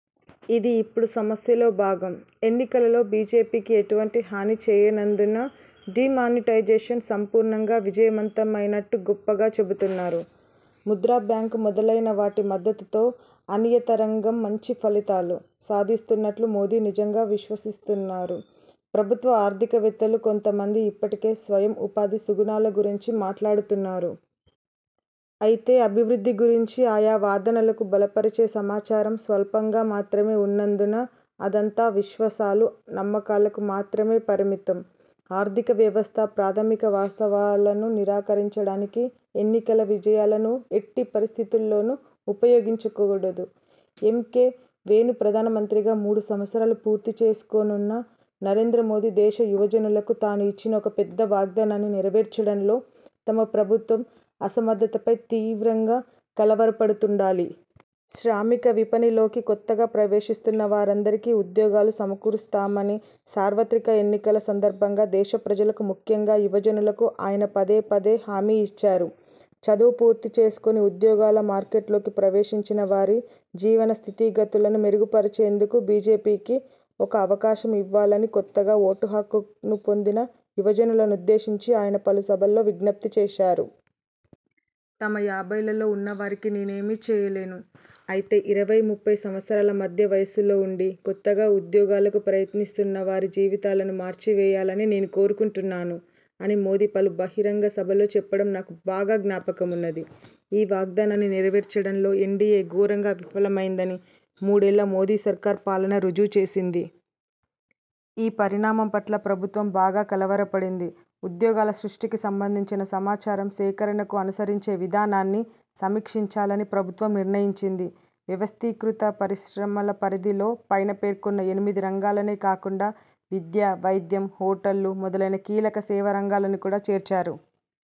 ఇది ఇప్పుడు సమస్యలో భాగం. ఎన్నికలలో బీజేపీకి ఎటువంటి హాని చేయనందున డీమానిటైజేషన్ సంపూర్ణంగా విజయవంతమయినట్టు గొప్పగా చెబుతున్నారు. ముద్రాబ్యాంకు మొదలైన వాటి మద్దతుతో అనియతరంగం మంచి ఫలితాలు సాధిస్తున్నుట్టు మోదీ నిజంగా విశ్వసిస్తున్నారు. ప్రభుత్వ ఆర్థికవేత్తలు కొంత మంది ఇప్పటికే స్వయం ఉపాధి సుగుణాల గురించి మాట్లాడుతున్నారు. అయితే అభివృద్ధి గురించి ఆయా వాదనలకు బలపరిచే సమాచారం స్వల్పంగా మాత్రమే వున్నందున అదంతా విశ్వాసాలు, నమ్మకాలకు మాత్రమే పరిమితం. ఆర్థిక వ్యవస్థ ప్రాథమిక వాస్తవాలను నిరాకరించడానికి ఎన్నికల విజయాలను ఎట్టి పరిస్థితులలోను ఉపయోగించుకోకూడదు. ఎమ్. కె. వేణుప్రధానమంత్రిగా మూడు సంవత్సరాలు పూర్తిచేసుకోనున్న నరేంద్రమోదీ దేశ యువజనులకు తాను ఇచ్చిన ఒక పెద్ద వాగ్దానాన్ని నెరవేర్చడంలో తమ ప్రభుత్వ అసమర్థతపై తీవ్రంగా కలవరపడుతుండాలి. శ్రామిక విపణిలోకి కొత్తగా ప్రవేశిస్తున్న వారందరికీ ఉద్యోగాలు సమకూరుస్తామని సార్వత్రక ఎన్నికల సందర్భంగా దేశ ప్రజలకు ముఖ్యంగా యువజనులకు ఆయన పదే పదే హామీ ఇచ్చారు. చదువు పూర్తిచేసుకొని ఉద్యోగాల మార్కెట్లోకి ప్రవేశించిన వారి జీవన స్థితిగతులను మెరుగురిచేందుకు బీజేపీకి ఒక అవకాశం ఇవ్వాలని కొత్తగా ఓటుహక్కును పొందిన యువజనులనుద్దేశించి ఆయన పలు సభల్లో విజ్ఞప్తి చేశారు. 'తమ యాభైలలో వున్నవారికి నేనేమీ చేయలేను. అయితే ఇరవై–ముప్పై సంవత్సరాల మధ్య వయస్సులోవుండి కొత్తగా ఉద్యోగాలకు ప్రయత్నిస్తున్న వారి జీవితాలను మార్చివేయాలని నేను కోరుకుంటున్నాను' అని మోదీ పలు బహిరంగసభల్లో చెప్పడం నాకు బాగా జ్ఞాపకమున్నది. ఈ వాగ్దానాన్ని నెరవేర్చడంలో ఎన్డీఏ ఘోరంగా విఫలమయిందని మూడేళ్ళ మోదీ సర్కార్ పాలన రుజువుచేసింది. ఈ పరిణామం పట్ల ప్రభుత్వం బాగా కలవరపడింది. ఉద్యోగాల సృష్టికి సంబంధించిన సమాచారం సేకరణకు అనుసరించే విధానాన్ని సమీక్షించాలని ప్రభుత్వం నిర్ణయించింది. వ్యవస్థీకృత పరిశ్రమల పరిధిలో పైన పేర్కొన్న ఎనిమిది రంగాలనే కాకుండా విద్య, వైద్యం, హోటళ్ళు మొదలైన కీలక సేవా రంగాలను కూడా చేర్చారు.